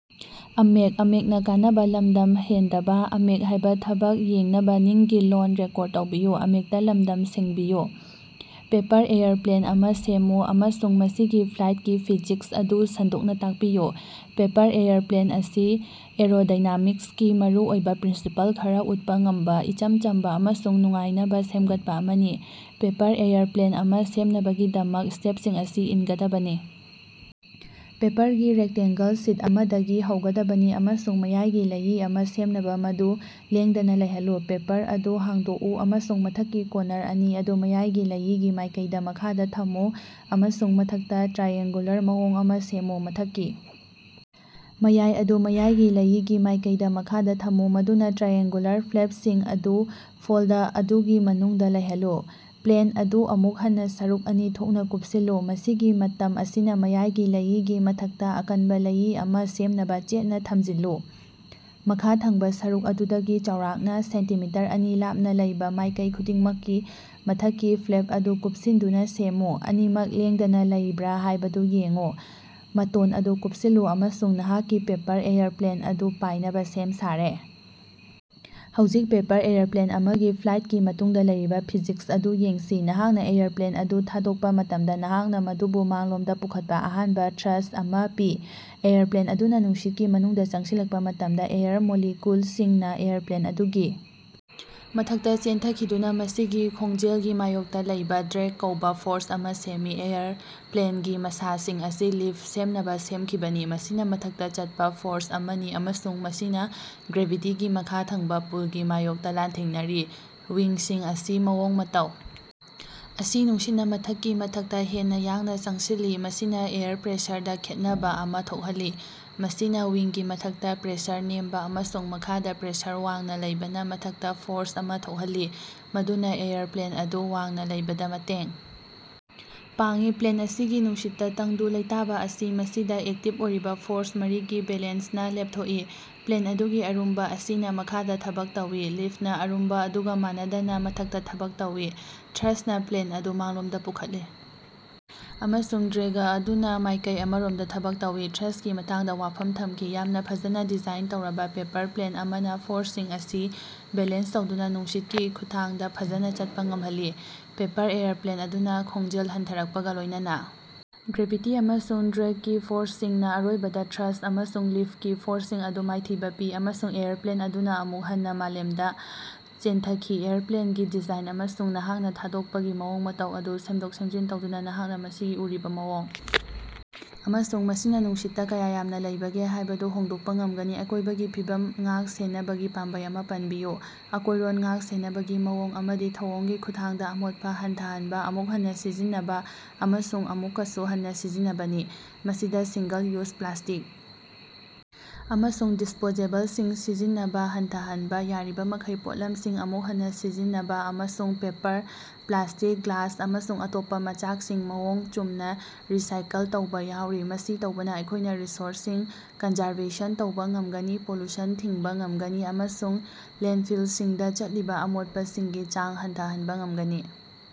Paper airplane ꯑꯃ ꯁꯦꯝꯃꯨ ꯑꯃꯁꯨꯡ ꯃꯁꯤꯒꯤ ꯐ꯭ꯂꯥꯏꯠꯀꯤ ꯐꯤꯖꯤꯛꯁ ꯑꯗꯨ ꯁꯟꯗꯣꯛꯅ ꯇꯥꯛꯄꯤꯌꯨ꯫ ꯄꯦꯄꯔ ꯑꯦꯌꯔꯄ꯭ꯂꯦꯟ ꯑꯁꯤ ꯑꯦꯔꯣꯗꯥꯏꯅꯥꯃꯤꯛꯁꯀꯤ ꯃꯔꯨꯑꯣꯏꯕ ꯄ꯭ꯔꯤꯟꯁꯤꯄꯜ ꯈꯔ ꯎꯠꯄ ꯉꯝꯕ ꯏꯆꯝ ꯆꯝꯕ ꯑꯃꯁꯨꯡ ꯅꯨꯡꯉꯥꯏꯅꯕ ꯁꯦꯝꯒꯠꯄ ꯑꯃꯅꯤ꯫ ꯄꯦꯄꯔ ꯑꯦꯌꯔꯄ꯭ꯂꯦꯟ ꯑꯃ ꯁꯦꯝꯅꯕꯒꯤꯗꯃꯛ, ꯁ꯭ꯇꯦꯞꯁꯤꯡ ꯑꯁꯤ ꯏꯟꯒꯗꯕꯅꯤ: ꯄꯦꯄꯔꯒꯤ ꯔꯦꯛꯇꯦꯡꯒꯜ ꯁꯤꯠ ꯑꯃꯗꯒꯤ ꯍꯧꯒꯗꯕꯅꯤ ꯑꯃꯁꯨꯡ ꯃꯌꯥꯏꯒꯤ ꯂꯩꯏ ꯑꯃ ꯁꯦꯝꯅꯕ ꯃꯗꯨ ꯂꯦꯡꯗꯅ ꯂꯩꯍꯜꯂꯨ꯫ ꯄꯦꯄꯔ ꯑꯗꯨ ꯍꯥꯡꯗꯣꯛꯎ ꯑꯃꯁꯨꯡ ꯃꯊꯛꯀꯤ ꯀꫭꯟꯅꯔ ꯑꯅꯤ ꯑꯗꯨ ꯃꯌꯥꯏꯒꯤ ꯂꯩꯏꯒꯤ ꯃꯥꯏꯀꯩꯗ ꯃꯈꯥꯗ ꯊꯝꯃꯨ ꯑꯃꯁꯨꯡ ꯃꯊꯛꯇ ꯇ꯭ꯔꯥꯑꯦꯡꯒꯨꯂꯔ ꯃꯑꯣꯡ ꯑꯃ ꯁꯦꯝꯃꯨ꯫ ꯃꯊꯛꯀꯤ ꯃꯌꯥꯏ ꯑꯗꯨ ꯃꯌꯥꯏꯒꯤ ꯂꯩꯏꯒꯤ ꯃꯥꯏꯀꯩꯗ ꯃꯈꯥꯗ ꯊꯝꯃꯨ ꯃꯗꯨꯅ ꯇ꯭ꯔꯥꯑꯦꯡꯒꯨꯂꯔ ꯐ꯭ꯂꯦꯞꯁꯤꯡ ꯑꯗꯨ ꯐꯣꯜꯗ ꯑꯗꯨꯒꯤ ꯃꯅꯨꯡꯗ ꯂꯩꯍꯜꯂꯨ꯫ ꯄ꯭ꯂꯦꯟ ꯑꯗꯨ ꯑꯃꯨꯛ ꯍꯟꯅ ꯁꯔꯨꯛ ꯑꯅꯤ ꯊꯣꯛꯅ ꯀꯨꯞꯁꯤꯜꯂꯨ, ꯃꯁꯤꯒꯤ ꯃꯇꯝ ꯑꯁꯤꯅ ꯃꯌꯥꯏꯒꯤ ꯂꯩꯏꯒꯤ ꯃꯊꯛꯇ, ꯑꯀꯟꯕ ꯂꯩꯏ ꯑꯃ ꯁꯦꯝꯅꯕ ꯆꯦꯠꯅ ꯊꯝꯖꯤꯜꯂꯨ꯫ ꯃꯈꯥ ꯊꯪꯕ ꯁꯔꯨꯛ ꯑꯗꯨꯗꯒꯤ ꯆꯥꯎꯔꯥꯛꯅ ꯁꯦꯟꯇꯤꯃꯤꯇꯔ ꯑꯅꯤ ꯂꯥꯞꯅ ꯂꯩꯕ ꯃꯥꯏꯀꯩ ꯈꯨꯗꯤꯡꯃꯛꯀꯤ ꯃꯊꯛꯀꯤ ꯐ꯭ꯂꯦꯞ ꯑꯗꯨ ꯀꯨꯞꯁꯤꯟꯗꯨꯅ ꯁꯦꯝꯃꯨ, ꯑꯅꯤꯃꯛ ꯂꯦꯡꯗꯅ ꯂꯩꯕ꯭ꯔꯥ ꯍꯥꯏꯕꯗꯨ ꯌꯦꯡꯎ꯫ ꯃꯇꫭꯟ ꯑꯗꯨ ꯀꯨꯞꯁꯤꯜꯂꯨ ꯑꯃꯁꯨꯡ ꯅꯍꯥꯛꯀꯤ ꯄꯦꯄꯔ ꯑꯦꯌꯔꯄ꯭ꯂꯦꯟ ꯑꯗꯨ ꯄꯥꯏꯅꯕ ꯁꯦꯝ ꯁꯥꯔꯦ! ꯍꯧꯖꯤꯛ, ꯄꯦꯄꯔ ꯑꯦꯌꯔꯄ꯭ꯂꯦꯟ ꯑꯃꯒꯤ ꯐ꯭ꯂꯥꯏꯠꯀꯤ ꯃꯇꯨꯡꯗ ꯂꯩꯔꯤꯕ ꯐꯤꯖꯤꯛꯁ ꯑꯗꯨ ꯌꯦꯡꯁꯤ꯫ ꯅꯍꯥꯛꯅ ꯑꯦꯌꯔꯄ꯭ꯂꯦꯟ ꯑꯗꯨ ꯊꯥꯗꯣꯛꯄ ꯃꯇꯝꯗ, ꯅꯍꯥꯛꯅ ꯃꯗꯨꯕꯨ ꯃꯥꯡꯂꯣꯝꯗ ꯄꯨꯈꯠꯄ ꯑꯍꯥꯟꯕ ꯊ꯭ꯔꯁ ꯑꯃ ꯄꯤ꯫ ꯑꯦꯌꯔꯄ꯭ꯂꯦꯟ ꯑꯗꯨꯅ ꯅꯨꯡꯁꯤꯠꯀꯤ ꯃꯅꯨꯡꯗ ꯆꯪꯁꯤꯜꯂꯛꯄ ꯃꯇꯝꯗ, ꯑꯦꯌꯔ ꯃꯣꯂꯤꯀ꯭ꯌꯨꯜꯁꯤꯡꯅ ꯑꯦꯌꯔꯄ꯭ꯂꯦꯟ ꯑꯗꯨꯒꯤ ꯃꯊꯛꯇ ꯆꯦꯟꯊꯈꯤꯗꯨꯅ ꯃꯁꯤꯒꯤ ꯈꯣꯡꯖꯦꯜꯒꯤ ꯃꯥꯌꯣꯛꯇꯥ ꯂꯩꯕꯥ ꯗ꯭ꯔꯦꯒ ꯀꯧꯕ ꯐꯣꯔꯁ ꯑꯃ ꯁꯦꯝꯃꯤ꯫ ꯑꯦꯌꯔꯄ꯭ꯂꯦꯟꯒꯤ ꯃꯁꯥꯁꯤꯡ ꯑꯁꯤ ꯂꯤꯐ ꯁꯦꯝꯅꯕ ꯁꯦꯝꯈꯤꯕꯅꯤ, ꯃꯁꯤꯅ ꯃꯊꯛꯇ ꯆꯠꯄ ꯐꯣꯔꯁ ꯑꯃꯅꯤ ꯑꯃꯁꯨꯡ ꯃꯁꯤꯅ ꯒ꯭ꯔꯦꯚꯤꯇꯤꯒꯤ ꯃꯈꯥ ꯊꯪꯕ ꯄꯨꯜꯒꯤ ꯃꯥꯌꯣꯛꯇ ꯂꯥꯟꯊꯦꯡꯅꯔꯤ꯫ ꯋꯤꯡꯁꯤꯡ ꯑꯁꯤ ꯃꯑꯣꯡ-ꯃꯇꯧ ꯑꯁꯤ ꯅꯨꯡꯁꯤꯠꯅ ꯃꯊꯛꯀꯤ ꯃꯊꯛꯇ ꯍꯦꯟꯅ ꯌꯥꯡꯅ ꯆꯪꯁꯤꯜꯂꯤ꯫ ꯃꯁꯤꯅ ꯑꯦꯌꯔ ꯞꯔꯦꯁꯔꯗ ꯈꯦꯠꯅꯕ ꯑꯃꯥ ꯊꯣꯛꯍꯜꯂꯤ, ꯃꯁꯤꯅ ꯋꯤꯡꯒꯤ ꯃꯊꯛꯇꯥ ꯄ꯭ꯔꯦꯁꯔ ꯅꯦꯝꯕ ꯑꯃꯁꯨꯡ ꯃꯈꯥꯗꯥ ꯄ꯭ꯔꯦꯁꯔ ꯋꯥꯡꯅ ꯂꯩꯕꯅ ꯃꯊꯛꯇ ꯐꯣꯔꯁ ꯑꯃ ꯊꯣꯛꯍꯜꯂꯤ ꯃꯗꯨꯅ ꯑꯦꯌꯔꯄ꯭ꯂꯦꯟ ꯑꯗꯨ ꯋꯥꯡꯅ ꯂꯩꯕꯗ ꯃꯇꯦꯡ ꯄꯥꯡꯏ꯫ ꯄ꯭ꯂꯦꯟ ꯑꯁꯤꯒꯤ ꯅꯨꯡꯁꯤꯠꯇ ꯇꯪꯗꯨ ꯂꯩꯇꯥꯕ ꯑꯁꯤ ꯃꯁꯤꯗ ꯑꯦꯛꯇꯤꯕ ꯑꯣꯏꯔꯤꯕ ꯐꯣꯔꯁ ꯃꯔꯤꯒꯤ ꯕꯦꯂꯦꯟꯁꯅ ꯂꯦꯞꯊꯣꯛꯏ ꫰꫰ꯄ꯭ꯂꯦꯟ ꯑꯗꯨꯒꯤ ꯑꯔꯨꯝꯕ ꯑꯁꯤꯅ ꯃꯈꯥꯗ ꯊꯕꯛ ꯇꯧꯏ, ꯂꯤꯐꯅ ꯑꯔꯨꯝꯕ ꯑꯗꯨꯒ ꯃꯥꯟꯅꯗꯅ ꯃꯊꯛꯇ ꯊꯕꯛ ꯇꯧꯏ, ꯊ꯭ꯔꯁꯅ ꯄ꯭ꯂꯦꯟ ꯑꯗꯨ ꯃꯥꯡꯂꯣꯝꯗ ꯄꯨꯈꯠꯂꯤ, ꯑꯃꯁꯨꯡ ꯗ꯭ꯔꯦꯒ ꯑꯗꯨꯅ ꯃꯥꯏꯀꯩ ꯑꯃꯔꯣꯝꯗ ꯊꯕꯛ ꯇꯧꯏ꯫ ꯊ꯭ꯔꯁꯀꯤ ꯃꯇꯥꯡꯗ ꯋꯥꯐꯝ ꯊꯝꯈꯤ꯫ ꯌꯥꯝꯅ ꯐꯖꯅ ꯗꯤꯖꯥꯏꯟ ꯇꯧꯔꯕ ꯄꯦꯄꯔ ꯄ꯭ꯂꯦꯟ ꯑꯃꯅ ꯐꯣꯔꯁꯁꯤꯡ ꯑꯁꯤ ꯕꯦꯂꯦꯟꯁ ꯇꯧꯗꯨꯅ ꯅꯨꯡꯁꯤꯠꯀꯤ ꯈꯨꯠꯊꯥꯡꯗ ꯐꯖꯅ ꯆꯠꯄ ꯉꯝꯍꯜꯂꯤ꯫ ꯄꯦꯄꯔ ꯑꯦꯌꯔꯄ꯭ꯂꯦꯟ ꯑꯗꯨꯅ ꯈꯣꯡꯖꯦꯜ ꯍꯟꯊꯔꯛꯄꯒ ꯂꯣꯏꯅꯅ, ꯒ꯭ꯔꯦꯚꯤꯇꯤ ꯑꯃꯁꯨꯡ ꯗ꯭ꯔꯦꯒꯀꯤ ꯐꯣꯔꯁꯁꯤꯡꯅ ꯑꯔꯣꯏꯕꯗ ꯊ꯭ꯔꯁ ꯑꯃꯁꯨꯡ ꯂꯤꯐꯀꯤ ꯐꯣꯔꯁꯁꯤꯡ ꯑꯗꯨ ꯃꯥꯏꯊꯤꯕ ꯄꯤ, ꯑꯃꯁꯨꯡ ꯑꯦꯌꯔꯄ꯭ꯂꯦꯟ ꯑꯗꯨꯅ ꯑꯃꯨꯛ ꯍꯟꯅ ꯃꯥꯂꯦꯝꯗ ꯆꯦꯟꯊꯈꯤ꯫ ꯑꯦꯌꯔꯄ꯭ꯂꯦꯟꯒꯤ ꯗꯤꯖꯥꯏꯟ ꯑꯃꯁꯨꯡ ꯅꯍꯥꯛꯅ ꯊꯥꯗꯣꯛꯄꯒꯤ ꯃꯑꯣꯡ ꯃꯇꯧ ꯑꯗꯨ ꯁꯦꯝꯗꯣꯛ-ꯁꯦꯝꯖꯤꯟ ꯇꯧꯗꯨꯅ, ꯅꯍꯥꯛꯅ ꯃꯁꯤꯒꯤ ꯎꯔꯤꯕ ꯃꯑꯣꯡ ꯑꯃꯁꯨꯡ ꯃꯁꯤꯅ ꯅꯨꯡꯁꯤꯠꯇ ꯀꯌꯥ ꯌꯥꯝꯅ ꯂꯩꯕꯒꯦ ꯍꯥꯏꯕꯗꯨ ꯍꯣꯡꯗꯣꯛꯄ ꯉꯝꯒꯅꯤ꯫ ꯑꯀꯣꯏꯕꯒꯤ ꯐꯤꯕꯝ ꯉꯥꯛ-ꯁꯦꯟꯅꯕꯒꯤ ꯄꯥꯝꯕꯩ ꯑꯃ ꯄꯟꯕꯤꯌꯨ꯫ ꯑꯀꯣꯏꯔꯣꯟ ꯉꯥꯛ-ꯁꯦꯟꯅꯕꯒꯤ ꯃꯑꯣꯡ ꯑꯃꯗꯤ ꯊꯧꯑꯣꯡꯒꯤ ꯈꯨꯠꯊꯥꯡꯗ ꯑꯃꯣꯠꯄ ꯍꯟꯊꯍꯟꯕ, ꯑꯃꯨꯛ ꯍꯟꯅ ꯁꯤꯖꯤꯟꯅꯕ ꯑꯃꯁꯨꯡ ꯑꯃꯨꯛꯀꯁꯨ ꯍꯟꯅ ꯁꯤꯖꯤꯟꯅꯕꯅꯤ꯫ ꯃꯁꯤꯗ ꯁꯤꯡꯒꯜ-ꯌꯨꯖ ꯄ꯭ꯂꯥꯁꯇꯤꯛ ꯑꯃꯁꯨꯡ ꯗꯤꯁꯄꯣꯖꯦꯕꯜꯁꯤꯡ ꯁꯤꯖꯤꯟꯅꯕ ꯍꯟꯊꯍꯟꯕ, ꯌꯥꯔꯤꯕꯃꯈꯩ ꯄꯣꯠꯂꯝꯁꯤꯡ ꯑꯃꯨꯛ ꯍꯟꯅ ꯁꯤꯖꯤꯟꯅꯕ, ꯑꯃꯁꯨꯡ ꯄꯦꯄꯔ, ꯄ꯭ꯂꯥꯁꯇꯤꯛ, ꯒ꯭ꯂꯥꯁ ꯑꯃꯁꯨꯡ ꯑꯇꯣꯞꯄ ꯃꯆꯥꯛꯁꯤꯡ ꯃꯑꯣꯡ ꯆꯨꯝꯅ ꯔꯤꯁꯥꯏꯀꯜ ꯇꯧꯕ ꯌꯥꯎꯔꯤ꯫ ꯃꯁꯤ ꯇꯧꯕꯅ ꯑꯩꯈꯣꯏꯅ ꯔꯤꯁꯣꯔꯁꯁꯤꯡ ꯀꯟꯖꯔꯕꯦꯁꯟ ꯇꯧꯕ ꯉꯝꯒꯅꯤ, ꯄꯣꯂꯨꯁꯟ ꯊꯤꯡꯕ ꯉꯝꯒꯅꯤ ꯑꯃꯁꯨꯡ ꯂꯦꯟꯐꯤꯜꯁꯤꯡꯗ ꯆꯠꯂꯤꯕ ꯑꯃꯣꯠꯄꯁꯤꯡꯒꯤ ꯆꯥꯡ ꯍꯟꯊꯍꯟꯕ ꯉꯝꯒꯅꯤ꯫